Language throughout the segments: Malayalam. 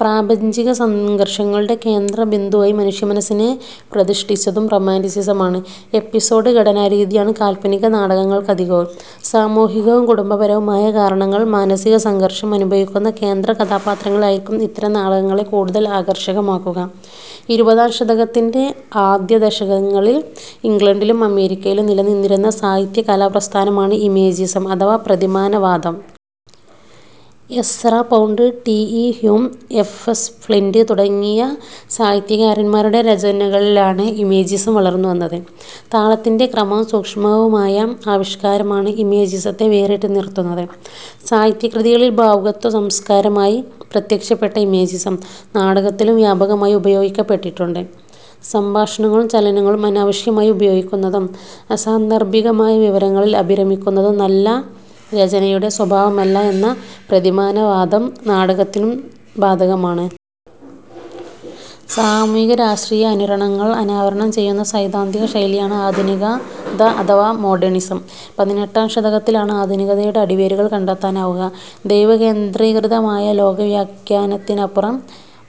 പ്രാപഞ്ചിക സംഘർഷങ്ങളുടെ കേന്ദ്രബിന്ദുവായി മനുഷ്യമനസ്സിനെ പ്രതിഷ്ഠിച്ചതും റൊമാന്റിസിസമാണ്. 'എപ്പിസോഡ്' ഘടനാരീതിയാണ് കാല്പനിക നാടകങ്ങൾക്കധികവും. സാമൂഹികവും കുടുംബപരവുമായ കാരണങ്ങൾ മാനസിക സംഘർഷം അനുഭവിക്കുന്ന കേന്ദ്രകഥാപാത്രങ്ങളായിരിക്കും ഇത്തരം നാടകങ്ങളെ കൂടുതൽ ആകർഷകമാക്കുക. ഇരുപതാം ശതകത്തിന്റെ ആദ്യദശകങ്ങളിൽ ഇംഗ്ലണ്ടിലും അമേരിക്കയിലും നിലനിന്നിരുന്ന സാഹിത്യ കലാ പ്രസ്ഥാനമാണ് ഇമേജിസം അഥവാ 'പ്രതിമാനവാദം'. Ezra Pound, T. E. Hulme, F. S. Flint തുടങ്ങിയ സാഹിത്യകാരന്മാരുടെ രചനകളിലാണ് 'ഇമേജിസം' വളർന്നുവന്നത്. താളത്തിന്റെ ക്രമവും സൂക്ഷ്മവുമായ ആവിഷ്കാരമാണ് ഇമേജിസത്തെ വേറിട്ടു നിർത്തുന്നത്. സാഹിത്യ കൃതികളിൽ ഭാവുകത്വസംസ്കാരമായി പ്രത്യക്ഷപ്പെട്ട ഇമേജിസം, നാടകത്തിലും വ്യാപകമായി ഉപയോഗിക്കപ്പെട്ടിട്ടുണ്ട്. സംഭാഷണങ്ങളും ചലനങ്ങളും അനാവശ്യമായി ഉപയോഗിക്കുന്നതും അസാന്ദർഭികമായ വിവരങ്ങളിൽ അഭിരമിക്കുന്നതും നല്ല രചനയുടെ സ്വഭാവമല്ല എന്ന പ്രതിമാനവാദം നാടകത്തിനും ബാധകമാണ്. സാമൂഹിക-രാഷ്ട്രീയ അനുരണനങ്ങൾ അനാവരണം ചെയ്യുന്ന സൈദ്ധാന്തിക ശൈലിയാണ് ആധുനികത അഥവാ മോഡേണിസം. പതിനെട്ടാം ശതകത്തിലാണ് ആധുനികതയുടെ അടിവേരുകൾ കണ്ടെത്താനാവുക. ദൈവകേന്ദ്രീകൃതമായ ലോക വ്യാഖ്യാനത്തിനപ്പുറം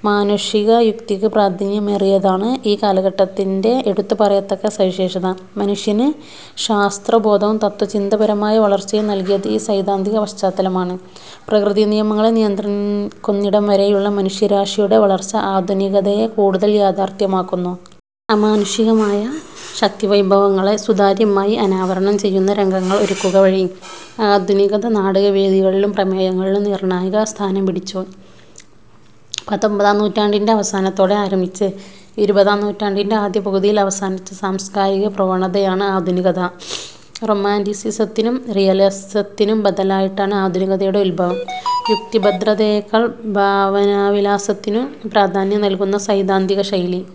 മാനുഷിക യുക്തിക്ക് പ്രാധാന്യമേറിയതാണ് ഈ കാലഘട്ടത്തിന്റെ എടുത്തുപറയത്തക്ക സവിശേഷത. മനുഷ്യന് ശാസ്ത്രബോധവും തത്ത്വചിന്താപരമായ വളർച്ചയും നല്കിയത് ഈ സൈദ്ധാന്തിക പശ്ചാത്തലമാണ്. പ്രകൃതി നിയമങ്ങളെ നിയന്ത്രിക്കുന്നിടംവരെയുള്ള മനുഷ്യരാശിയുടെ വളർച്ച ആധുനികതയെ കൂടുതൽ യാഥാർഥ്യമാക്കുന്നു. അമാനുഷികമായ ശക്തിവൈഭവങ്ങളെ സുതാര്യമായി അനാവരണം ചെയ്യുന്ന രംഗങ്ങൾ ഒരുക്കുകവഴി ആധുനികത നാടകവേദികളിലും പ്രമേയങ്ങളിലും നിർണായക സ്ഥാനം പിടിച്ചു. പത്തൊൻപതാം നൂറ്റാണ്ടിന്റെ അവസാനത്തോടെ ആരംഭിച്ച് ഇരുപതാം നൂറ്റാണ്ടിന്റെ ആദ്യപകുതിയിൽ അവസാനിച്ച സാംസ്കാരിക പ്രവണതയാണ് ആധുനികത. റൊമാന്റിസിസത്തിനും റിയലിസത്തിനും ബദലായിട്ടാണ് ആധുനികതയുടെ ഉദ്ഭവം. യുക്തിഭദ്രതയെക്കാൾ ഭാവനാവിലാസത്തിനു പ്രാധാന്യം നൽകുന്ന സൈദ്ധാന്തിക ശൈലി.